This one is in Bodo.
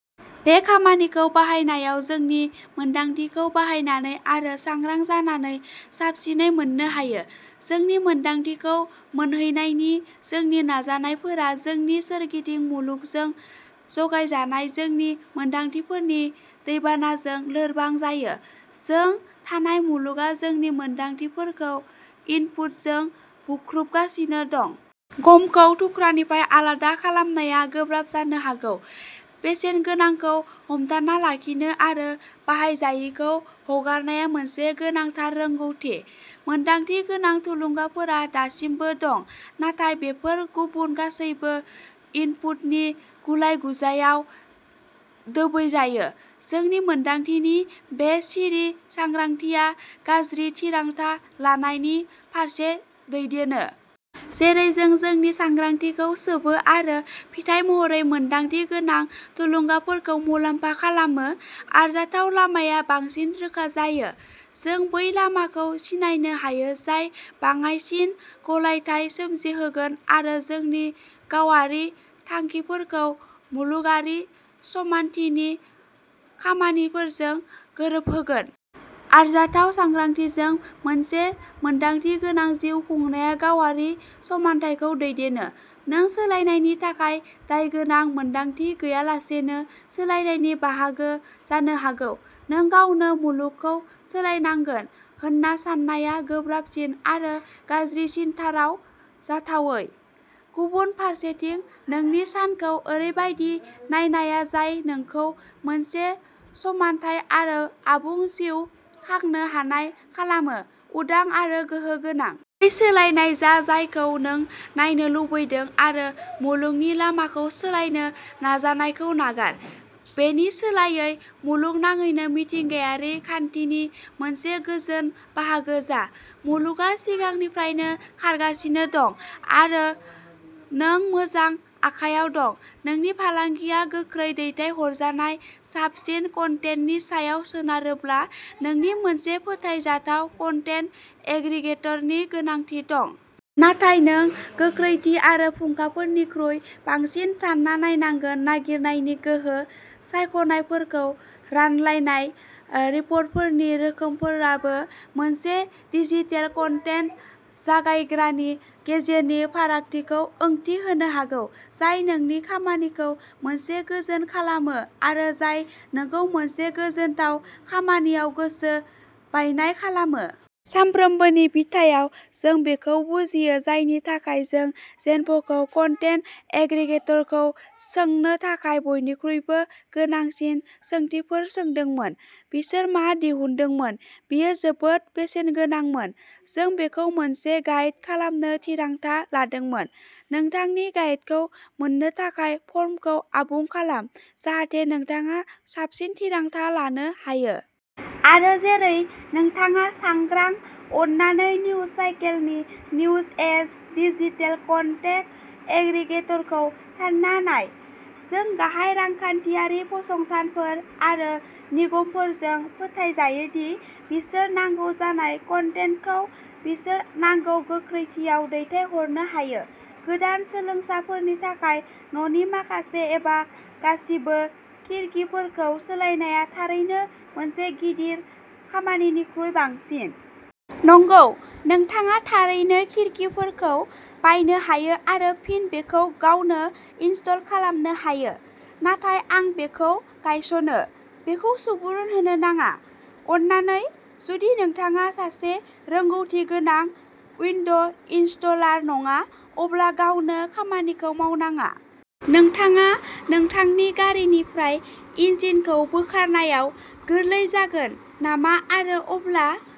बे खामानिखौ बाहायनायाव नोंनि मोनदांथिखौ बाहायनानै आरो सांग्रां जानानै साबसिनै मोन्नो हायो। जोंनि मोनदांथिखौ मोनहैनायनि जोंनि नाजानायफोरा जोंनि सोरगिदिं मुलुगजों जगायजानाय जोंनि मोनदांथिफोरनि दैबानाजों लोरबां जायो। जों थानाय मुलुगआ जोंनि मोनदांथिफोरखौ इनपुटजों बुख्रुबगासिनो दं। गमखौ थुख्रानिफ्राय आलादा खालामनाया गोब्राब जानो हागौ। बेसेनगोनांखौ हमथाना लाखिनो आरो बाहायजायैखौ हगारनाया मोनसे गोनांथार रोंग'थि। मोनदांथि गोनां थुलुंगाफोरा दासिमबो दं, नाथाय बेफोरो गुबुन गासैबो इनपुटनि गुलाय-गुजायआव दोबैजायो। जोंनि मोनदांथिनि बे सिरि सांग्रांथिया गाज्रि थिरांथा लानायनि फारसे दैदेनो। जेरै जों जोंनि सांग्रांथिखौ सोबो आरो फिथाय महरै मोनदांथि गोनां थुलुंगाफोरखौ मुलाम्फा खालामो, आरजाथाव लामाया बांसिन रोखा जायो। जों बै लामाखौ सिनायनो हायो जाय बाङाइसिन गलायथाय सोमजिहोगोन आरो जोंनि गावारि थांखिफोरखौ मुलुगारि समानथिनि खामानिफोरजों गोरोबहोगोन। आरजाथाव सांग्रांथिजों मोनसे मोनदांथि गोनां जिउ खुंनाया गावारि समान्थायखौ दैदेनो। नों सोलायनायनि थाखाय दायगोनां मोन्दांथि गैयालासेनो सोलायनायनि बाहागो जानो हागौ। नों गावनो मुलुगखौ सोलायनांगोन होन्ना साननाया गोब्राबसिन आरो गाज्रिसिनथाराव जाथावै। गुबुन फारसेथिं, नोंनि सानखौ ओरैबायदि नायनाया जाय नोंखौ मोनसे समानथाय आरो आबुं जिउ खांनो हानाय खालामो, उदां आरो गोहो गोनां। बै सोलायनाय जा जायखौ नों नायनो लुगैदों आरो मुलुगनि लामाखौ सोलायनो नाजानायखौ नागार। बेनि सोलायै मुलुगनाङैनो मिथिंगायारि खान्थिनि मोनसे गोजोन बाहागो जा। मुलुगआ सिगांनिफ्रायनो खारगासिनो दं आरो नों मोजां आखायाव दं। नोंनि फालांगिया गोख्रै दैथायहरजानाय साबसिन कन्टेन्टनि सायाव सोनारोब्ला, नोंनो मोनसे फोथायजाथाव कन्टेन्ट एग्रिगेटरनि गोनांथि दं। नाथाय नों गोख्रैथि आरो फुंखाफोरनिख्रुइ बांसिन सान्ना नायनांगोन-नागिरनायनि गोहो, सायख'नायफोरखौ रानलायनाय, रिपर्टफोरनि रोखोमफोराबो मोनसे डिजिटेल कन्टेन्ट जगायग्रानि गेजेरनि फारागथिखौ ओंथि होनो हागौ जाय नोंनि खामानिखौ मोनसे गोजोन खालामो आरो जाय नोंखौ मोनसे गोजोनथाव खामानियाव गोसो बायनाय खालामो। सानफ्रोमबोनि बिथायाव। जों बेखौ बुजियो, जायनि थाखाय जों जिनफ'खौ कन्टेन्ट एग्रिगेटरखौ सोंनो थाखाय बयनिख्रुइबो गोनांसिन सोंथिफोर सोंदोंमोन। बिसोर मा दिहुनदोंमोन बेयो जोबोद बेसेनगोनांमोन, जों बेखौ मोनसे गाइड खालामनो थिरांथा लादोंमोन। नोंथांनि गाइडखौ मोन्नो थाखाय फर्मखौ आबुं खालाम जाहाथे नोंथाङा साबसिन थिरांथा लानो हायो।... आरो जेरै नोंथाङा सांग्रां, अन्नानै निउजसाइकेलनि निउजएज डिजिटेल कन्टेन्ट एग्रिगेटरखौ सान्ना नाय। जों गाहाय रांखान्थियारि फसंथानफोर आरो निगमफोरजों फोथायजायो दि बिसोर नांगौ जानाय कन्टेन्टखौ बिसोर नांगौ गोख्रैथियाव दैथायहरनो हायो। गोदान सोलोंसाफोरनि थाखाय, न'नि माखासे एबा गासिबो खिरखिफोरखौ सोलायनाया थारैनो मोनसे गिदिर खामानिनिख्रुइ बांसिन। नंगौ, नोंथाङा थारैनो खिरखिफोरखौ बायनो हायो आरो फिन बेफोरखौ गावनो इनस्टल खालामनो हायो, नाथाय आं बेखौ गनायस'नो, बेखौ सुबुरुन होनो नाङा। अन्नानै, जुदि नोंथाङा सासे रोंग'थि गोनां उइन्ड'इनस्टलार नङा, अब्ला गावनो खामानिखौ मावनाङा। नोंथाङा नोंथांनि गारिनिफ्राय इन्जिनखौ बोखारनायाव गोरलै जागोन नामा आरो अब्ला